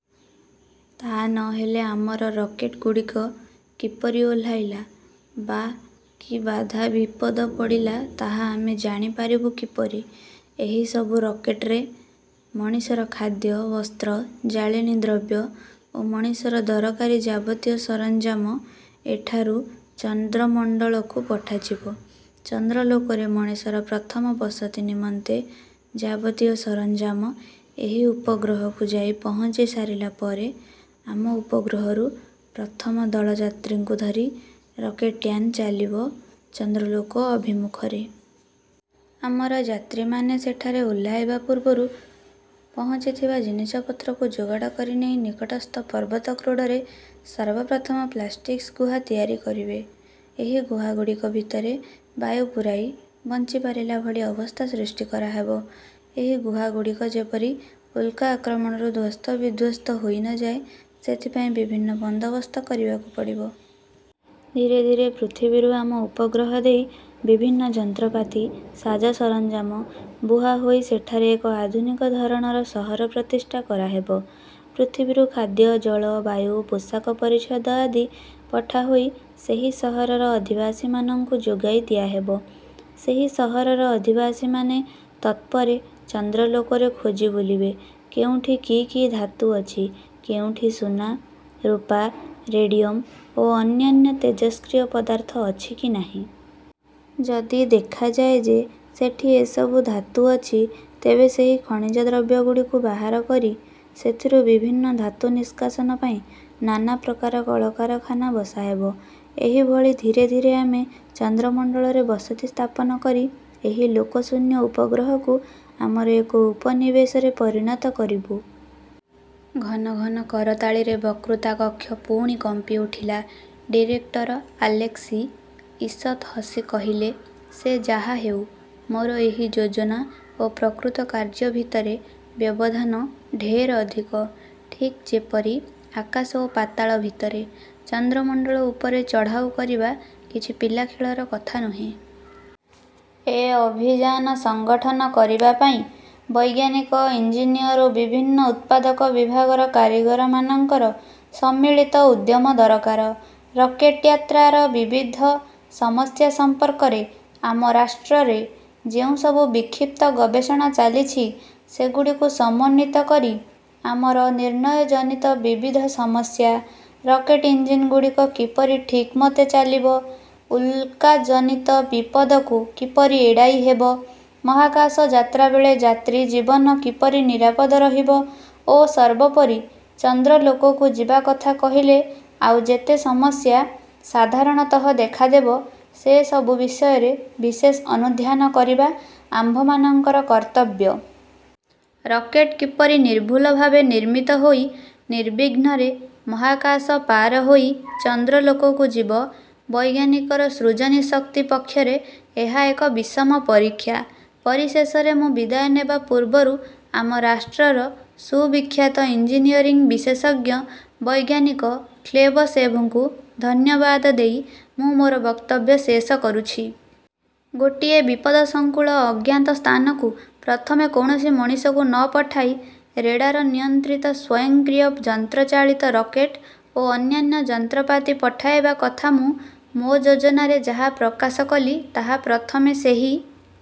ତା' ନ ହେଲେ ଆମର ରକେଟ୍ ଗୁଡ଼ିକ କିପରି ଓହ୍ଲାଇଲା, ବା କି ବାଧା-ବିପଦ ପଡ଼ିଲା ତାହା ଆମେ ଜାଣିପାରିବୁ କିପରି? ଏହି ସବୁ ରକେଟ୍ରେ ମଣିଷର ଖାଦ୍ୟ, ବସ୍ତ୍ର, ଜାଳେଣି ଦ୍ରବ୍ୟ ଓ ମଣିଷର ଦରକାରୀ ଯାବତୀୟ ସରଞ୍ଜାମ ଏଠାରୁ ଚନ୍ଦ୍ରମଣ୍ଡଳକୁ ପଠାଯିବ। ଚନ୍ଦ୍ରଲୋକରେ ମଣିଷର ପ୍ରଥମ ବସତି ନିମନ୍ତେ ଯାବତୀୟ ସରଞ୍ଜାମ ଏହି ଉପଗ୍ରହକୁ ଯାଇ ପହଞ୍ଚିସାରିଲା ପରେ, ଆମ ଉପଗ୍ରହରୁ ପ୍ରଥମ ଦଳ ଯାତ୍ରୀଙ୍କୁ ଧରି ରକେଟ୍ଯାନ ଚାଲିବ ଚନ୍ଦ୍ରଲୋକ ଅଭିମୁଖରେ। ଆମର ଯାତ୍ରୀମାନେ ସେଠାରେ ଓହ୍ଲାଇବା ପୂର୍ବରୁ ପହଞ୍ଚିଥିବା ଜିନିଷପତ୍ରକୁ ଯୋଗାଡ଼ କରିନେଇ ନିକଟସ୍ଥ ପର୍ବତ କ୍ରୋଡ଼ରେ ସର୍ବପ୍ରଥମ ପ୍ଳାଷ୍ଟିକ୍ସ ଗୁହା ତିଆରି କରିବେ। ଏହି ଗୁହାଗୁଡ଼ିକ ଭିତରେ ବାୟୁ ପୁରାଇ ବଞ୍ଚିପାରିଲା ଭଳି ଅବସ୍ଥା ସୃଷ୍ଟି କରାହେବ। ଏହି ଗୁହାଗୁଡ଼ିକ ଯେପରି ଉଲ୍କା ଆକ୍ରମଣରୁ ଧ୍ୱସ୍ତବିଧ୍ୱସ୍ତ ହୋଇ ନ ଯାଏ, ସେଥିପାଇଁ ବିଭିନ୍ନ ବନ୍ଦୋବସ୍ତ କରିବାକୁ ପଡ଼ିବ। ଧୀରେ ଧୀରେ ପୃଥିବୀରୁ ଆମ ଉପଗ୍ରହ ଦେଇ ବିଭିନ୍ନ ଯନ୍ତ୍ରପାତି ସାଜ-ସରଞ୍ଜାମ ବୁହାହୋଇ ସେଠାରେ ଏକ ଆଧୁନିକ ଧରଣର ସହର ପ୍ରତିଷ୍ଠା କରାହେବ। ପୃଥିବୀରୁ ଖାଦ୍ୟ, ଜଳ, ବାୟୁ, ପୋଷାକ-ପରିଚ୍ଛଦଆଦି ପଠାହୋଇ ସେହି ସହରର ଅଧିବାସୀମାନଙ୍କୁ ଯୋଗାଇ ଦିଆହେବ। ସେହି ସହରର ଅଧିବାସୀମାନେ ତତ୍ପରେ ଚନ୍ଦ୍ରଲୋକରେ ଖୋଜିବୁଲିବେ, କେଉଁଠି କି କି ଧାତୁ ଅଛି, କେଉଁଠି ସୁନା, ରୂପା, ରେଡ଼ିୟମ୍ଓ ଅନ୍ୟାନ୍ୟ ତେଜସ୍କ୍ରିୟ ପଦାର୍ଥ ଅଛି କି ନାହିଁ। ଯଦି ଦେଖାଯାଏ ଯେ ସେଠି ଏସବୁ ଧାତୁ ଅଛି, ତେବେ ସେହି ଖଣିଜଦ୍ରବ୍ୟଗୁଡ଼ିକୁ ବାହାର କରି ସେଥିରୁ ବିଭିନ୍ନ ଧାତୁ ନିଷ୍କାସନ ପାଇଁ ନାନାପ୍ରକାର କଳକାରଖାନା ବସାହେବ। ଏହିଭଳି ଧୀରେ ଧୀରେ ଆମେ ଚନ୍ଦ୍ରମଣ୍ଡଳରେ ବସତି ସ୍ଥାପନ କରି ଏହି ଲୋକଶୂନ୍ୟ ଉପଗ୍ରହକୁ ଆମର ଏକ ଉପନିବେଶରେ ପରିଣତ କରିବୁଁ। '' ଘନ ଘନ କରତାଳିରେ ବକ୍ତୃତା କକ୍ଷ ପୁଣି କମ୍ପି ଉଠିଲା। ଡିରେକ୍ଟର ଆଲେସ୍କି ଈଷତ୍ ହସି କହିଲେ, ''ସେ ଯାହାହେଉ, ମୋର ଏହି ଯୋଜନା ଓ ପ୍ରକୃତ କାର୍ଯ୍ୟ ଭିତରେ ବ୍ୟବଧାନ ଢେର୍ ଅଧିକ-ଠିକ୍ ଯେପରି ଆକାଶ ଓ ପାତାଳ ଭିତରେ। ଚନ୍ଦ୍ରମଣ୍ଡଳ ଉପରେ ଚଢ଼ାଉ କରିବା କିଛି ପିଲାଖେଳର କଥା ନୁହେଁ। ଏ ଅଭିଯାନ ସଙ୍ଗଠନ କରିବା ପାଇଁ ବୈଜ୍ଞାନିକ, ଇଞ୍ଜିନିଅର୍ ଓ ବିଭିନ୍ନ ଉତ୍ପାଦକ ବିଭାଗର କାରିଗରମାନଙ୍କର ସମ୍ମିଳିତ ଉଦ୍ୟମ ଦରକାର। ରକେଟ୍ଯାତ୍ରାର ବିବିଧ ସମସ୍ୟା ସମ୍ପର୍କରେ ଆମ ରାଷ୍ଟ୍ରରେ ଯେଉଁ ସବୁ ବିକ୍ଷିପ୍ତ ଗବେଷଣା ଚାଲିଛି, ସେଗୁଡ଼ିକୁ ସମନ୍ୱିତ କରି ଆମର ନିର୍ଣ୍ଣୟଜନିତ ବିବିଧ ସମସ୍ୟା, ରକେଟ୍ଇଞ୍ଜିନ୍ଗୁଡ଼ିକ କିପରି ଠିକ୍ମତେ ଚାଲିବ, ଉଲ୍କାଜନିତ ବିପଦକୁ କିପରି ଏଡ଼ାଇ ହେବ, ମହାକାଶ ଯାତ୍ରାବେଳେ ଯାତ୍ରୀ-ଜୀବନ କିପରି ନିରାପଦ ରହିବ ଓ ସର୍ବୋପରି ଚନ୍ଦ୍ରଲୋକକୁ ଯିବାକଥା କହିଲେ ଆଉ ଯେତେ ସମସ୍ୟା ସାଧାରଣତଃ ଦେଖାଦେବ, ସେ ସବୁ ବିଷୟରେ ବିଶେଷ ଅନୁଧ୍ୟାନ କରିବା ଆମ୍ଭମାନଙ୍କର କର୍ତ୍ତବ୍ୟ। ରକେଟ୍ କିପରି ନିର୍ଭୁଲଭାବେ ନିର୍ମିତ ହୋଇ, ନିର୍ବିଘ୍ନରେ ମହାକାଶ ପାରହୋଇ ଚନ୍ଦ୍ରଲୋକକୁ ଯିବ, ବୈଜ୍ଞାନିକର ସୃଜନୀ ଶକ୍ତି ପକ୍ଷରେ ଏହା ଏକ ବିଷମ ପରୀକ୍ଷା। ''ପରିଶେଷରେ ମୁଁ ବିଦାୟ ନେବା ପୂର୍ବରୁ ଆମ ରାଷ୍ଟ୍ରର ସୁବିଖ୍ୟାତ ଇନ୍ଜିନିୟରିଂ ବିଶେଷଜ୍ଞ ବୈଜ୍ଞାନିକ ଖ୍ଲେବତ୍ସେଭ୍ଙ୍କୁ ଧନ୍ୟବାଦ ଦେଇ ମୁଁ ମୋର ବକ୍ତବ୍ୟ ଶେଷ କରୁଛି। ଗୋଟିଏ ବିପଦସଂକୁଳ ଅଜ୍ଞାତ ସ୍ଥାନକୁ ପ୍ରଥମେ କୌଣସି ମଣିଷକୁ ନ ପଠାଇ ରେଡ଼ାର ନିୟନ୍ତ୍ରିତ ସ୍ୱୟଂକ୍ରିୟ ଯନ୍ତ୍ରଚାଳିତ ରକେଟ୍ ଓ ଅନ୍ୟାନ୍ୟ ଯନ୍ତ୍ରପାତି ପଠାଇବା କଥା ମୁଁ ମୋ ଯୋଜନାରେ ଯାହା ପ୍ରକାଶ କଲି ତାହା ପ୍ରଥମେ ସେହି